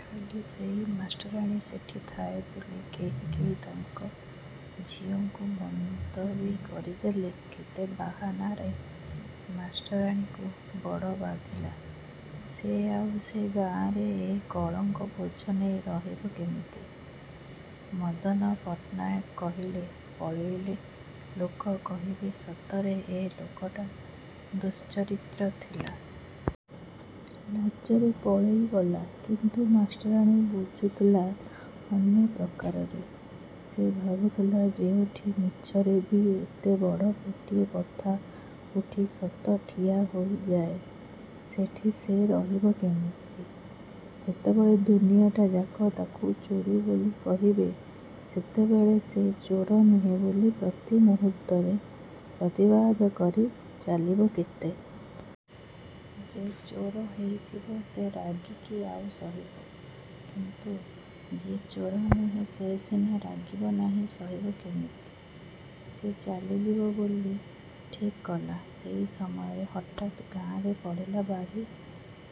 ଖାଲି ସେଇ ମାଷ୍ଟରାଣୀ ସେଠି ଥାଏ ବୋଲି, କେହି କେହି ତାଙ୍କ ଝିଅଙ୍କୁ ବନ୍ଦବି କରିଦେଲେ କେତେ ବାହାନାରେ। ମାଷ୍ଟରାଣୀକୁ ବଡ଼ ବାଧିଲା। ସେ ଆଉ ସେ ଗାଁରେ ଏ କଳଙ୍କ ବୋଝ ନେଇ ରହିବ କିମିତି? ମଦନପଟ୍ଟନାୟକ କହିଲେ 'ପଳେଇଲେ ଲୋକେ କହିବେ ସତରେ ଏ ଲୋକଟା ଦୁଶ୍ଚରିତ୍ର ଥିଲା। ଲାଜରେ ପଳେଇଗଲା। ' କିନ୍ତୁ ମାଷ୍ଟରାଣୀ ବୁଝୁଥିଲା ଅନ୍ୟ ପ୍ରକାରେ। ସେ ଭାବୁଥିଲା, ଯେଉଁଠି ମିଛରେବି ଏତେ ବଡ଼ ଗୋଟାଏ କଥା ଉଠି ସତ ଠିଆ ହୋଇଯାଏ ସେଠି ସେ ରହିବ କିମିତି? ଯେତେବେଳେ ଦୁନିଆଟାଯାକ ତାକୁ ଚୋର ବୋଲି କହିବେ, ସେତେବେଳେ ସେ ଚୋର ନୁହେଁ ବୋଲି ପ୍ରତି ମୁହୂର୍ତ୍ତରେ ପ୍ରତିବାଦ କରି ଚାଲିବ କେତେ! ଯେ ଚୋର ହେଇଥିବ ସେ ରାଗିବ ଆଉ ସହିବ। କିନ୍ତୁ ଯିଏ ଚୋର ନୁହେଁ ସେ ସିନା ରାଗିବ ନାହିଁ ସହିବ କିମିତି? ସେ ଚାଲିଯିବ ବୋଲି ଠିକ୍ କଲା। ସେଇ ସମୟରେ ହଠାତ ଗାଁରେ ପଡ଼ିଲା ବାଡ଼ି।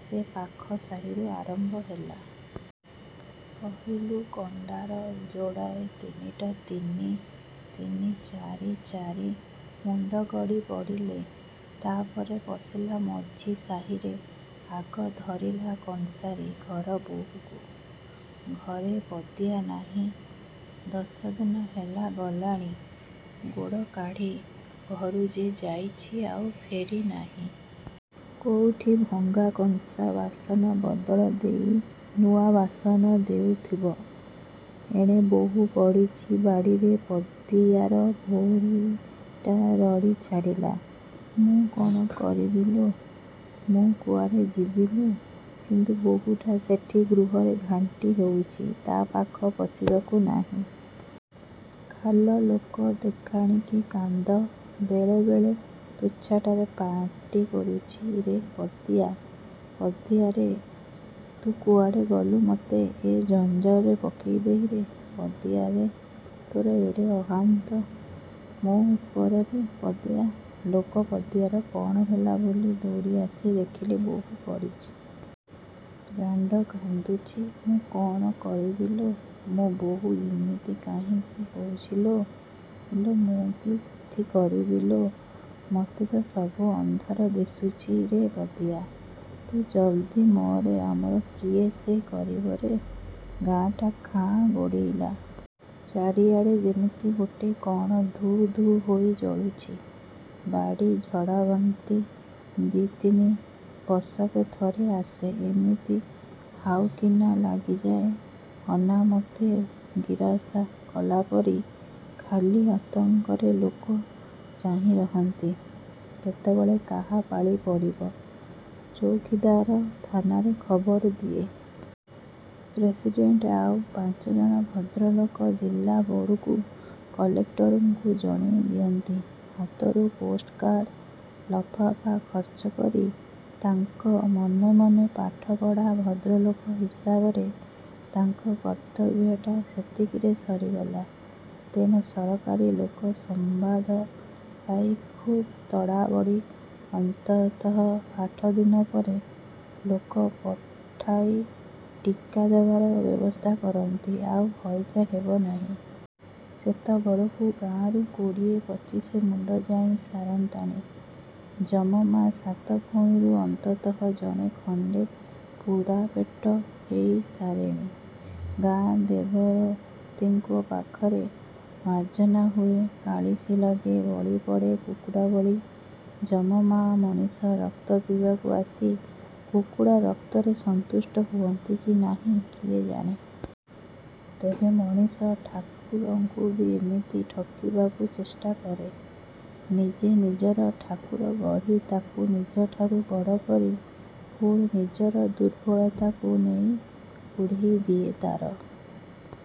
ସେ ପାଖ ସାହିରୁ ଆରମ୍ଭ ହେଲା। ପହିଲୁ କଣ୍ଡରା ଯୋଡ଼ାଏ ତିନିଟା ତିନି ତିନି ଚାରି ଚାରି ମୁଣ୍ଡ ଗଡ଼ି ପଡ଼ିଲେ। ତା'ପରେ ପଶିଲା ମଝି ସାହିରେ। ଆଗ ଧରିଲା କଂସାରି ଘର ବହୂକୁ। ଘରେ ପଦିଆ ନାହିଁ। ଦଶଦିନ ହେଲା ଗଲାଣି ଗୋଡ଼ କାଢ଼ି ଘରୁ ଯେ, ଯାଇଚି ଆଉ ଫେରି ନାହିଁ। କୋଉଁଠି ଭଙ୍ଗା କଂସା ବାସନ ବଦଳ ଦେଇ ନୂଆ ବାସନ ଦେଉଥିବ। ଏଣେ ବହୂ ପଡ଼ିଚି ବାଡ଼ିରେ । ପଦିଆର ଭଉଣୀଟା ରଡ଼ି ଛାଡ଼ିଲା ''ମୁଁ କ'ଣ କରିବିଲୋ! ମୁଁ କୁଆଡ଼େ ଯିବିଲୋ! '' କିନ୍ତୁ ବହୂଟା ସେଠି ଗୃହରେ ଘାଣ୍ଟି ହେଉଚି ତା' ପାଖ ପଶିବାକୁ ନାହିଁ। ଖାଲ ଲୋକ ଦେଖାଣିକି କାନ୍ଦ। ବେଳେ ବେଳେ ତୁଚ୍ଛାଟାରେ ପାଟି କରୁଚି''ରେ ପଦିଆ ପଦିଆରେ ଇରେ ତୁ କୁଆଡ଼େ ଗଲୁ ମୋତେ ଏ ଜଞ୍ଜାଳରେ ପକେଇ ଦେଇରେ ପଦିଆ ଇରେ ତୋର ଏଡ଼େ ଅହନ୍ତା ମୋ ଉପରେରେ ପଦିଆ। '' ଲୋକେ ପଦିଆର କ'ଣ ହେଲା ବୋଲି ଦଉଡ଼ି ଆସି ଦେଖିଲେ, ବହୂ ପଡ଼ିଚି। ରାଣ୍ଡ କାନ୍ଦୁଚି 'ମୁଁ କ'ଣ କରିବିଲୋ ମୋ ବହୂ ଇମିତି କାହିଁକି ହଉଚିଲୋ। ଇଲୋ ମୁଁ କି ବୁଦ୍ଧି କରିବିଲୋ। ମୋତେ ତ ସବୁ ଅନ୍ଧାର ଦିଶୁଚି ଇରେ ପଦିଆ, ତୁ ଜଲ୍ଦି ମରେ ଆମର କିଏ ସେ କରିବରେ। '' ଗାଁଟା ଖାଁ ଗୋଡ଼େଇଲା। ଚାରିଆଡ଼େ ଯେମିତି ଗୋଟେ କ'ଣ ଧୁ ଧୁ ହୋଇ ଜଳୁଛି। ବାଡ଼ି ଝାଡ଼ାବାନ୍ତି ଦି'ତିନି ବର୍ଷକେ ଥରେ ଆସେ। ଏମିତି ହାଉକିନା ଲାଗିଯାଏ। ଅନାମତେ ଗିରାସ କଲା ପରି। ଖାଲି ଆତଙ୍କରେ ଲୋକେ ଚାହିଁ ରହନ୍ତି, କେତେବେଳେ କାହା ପାଳି ପଡ଼ିବ। ଚଉକିଦାର ଥାନାରେ ଖବର ଦିଏ। ପ୍ରେସିଡେଣ୍ଟ, ଆଉ ପାଞ୍ଚଜଣ ଭଦ୍ରଲୋକ ଜିଲାବୋର୍ଡ଼କୁ, କଲେକ୍ଟରଙ୍କୁ ଜଣେଇ ଦିଅନ୍ତି ହାତରୁ ପୋଷ୍ଟକାର୍ଡ଼ ଲଫାପା ଖର୍ଚ୍ଚ କରି, ତାଙ୍କ ମନେ ମନେ ପାଠ ପଢ଼ା ଭଦ୍ରଲୋକ ହିସାବରେ ତାଙ୍କ କର୍ତ୍ତବ୍ୟଟା ସେତିକିରେ ସରିଗଲା। ତେଣେ ସରକାରୀ ଲୋକେ ସମ୍ବାଦ ପାଇ ଖୁବ୍ ତଡ଼ାବଡ଼ି ଅନ୍ତତଃ ଆଠଦିନ ପରେ ଲୋକ ପଠାଇ ଟିକା ଦେବାର ବ୍ୟବସ୍ଥା କରନ୍ତି ଆଉ ହଇଜା ହେବ ନାହିଁ। ସେତେବେଳକୁ ଗାଁରୁ କୋଡ଼ିଏ ପଚିଶ ମୁଣ୍ଡ ଯାଇ ସାରନ୍ତାଣି। ଯମ ମା ସାତ ଭଉଣୀରୁ ଅନ୍ତତଃ ଜଣେ ଖଣ୍ଡେ ପୂରାପେଟ ହେଇ ସାରେଣି। ଗାଁ ଦେବତୀଙ୍କ ପାଖରେ ମାର୍ଜନା ହୁଏ କାଳିସୀ ଲାଗେ। ବଳି ପଡ଼େ କୁକୁଡ଼ା ବଳି। ଯମ ମା ମଣିଷ ରକ୍ତ ପିଇବାକୁ ଆସି କୁକୁଡ଼ା ରକ୍ତରେ ସନ୍ତୁଷ୍ଟ ହୁଅନ୍ତି କି ନାହିଁ କିଏ ଜାଣେ! ତେବେ ମଣିଷ ଠାକୁରଙ୍କୁବି ଏମିତି ଠକିବାକୁ ଚେଷ୍ଟା କରେ। ନିଜେ ନିଜର ଠାକୁର ଗଢ଼ି, ତାକୁ ନିଜଠାରୁ ବଡ଼ କରି ପୁଣି ନିଜର ଦୁର୍ବଳତାକୁ ନେଇ କୁଢ଼େଇ ଦିଏ ତା'ର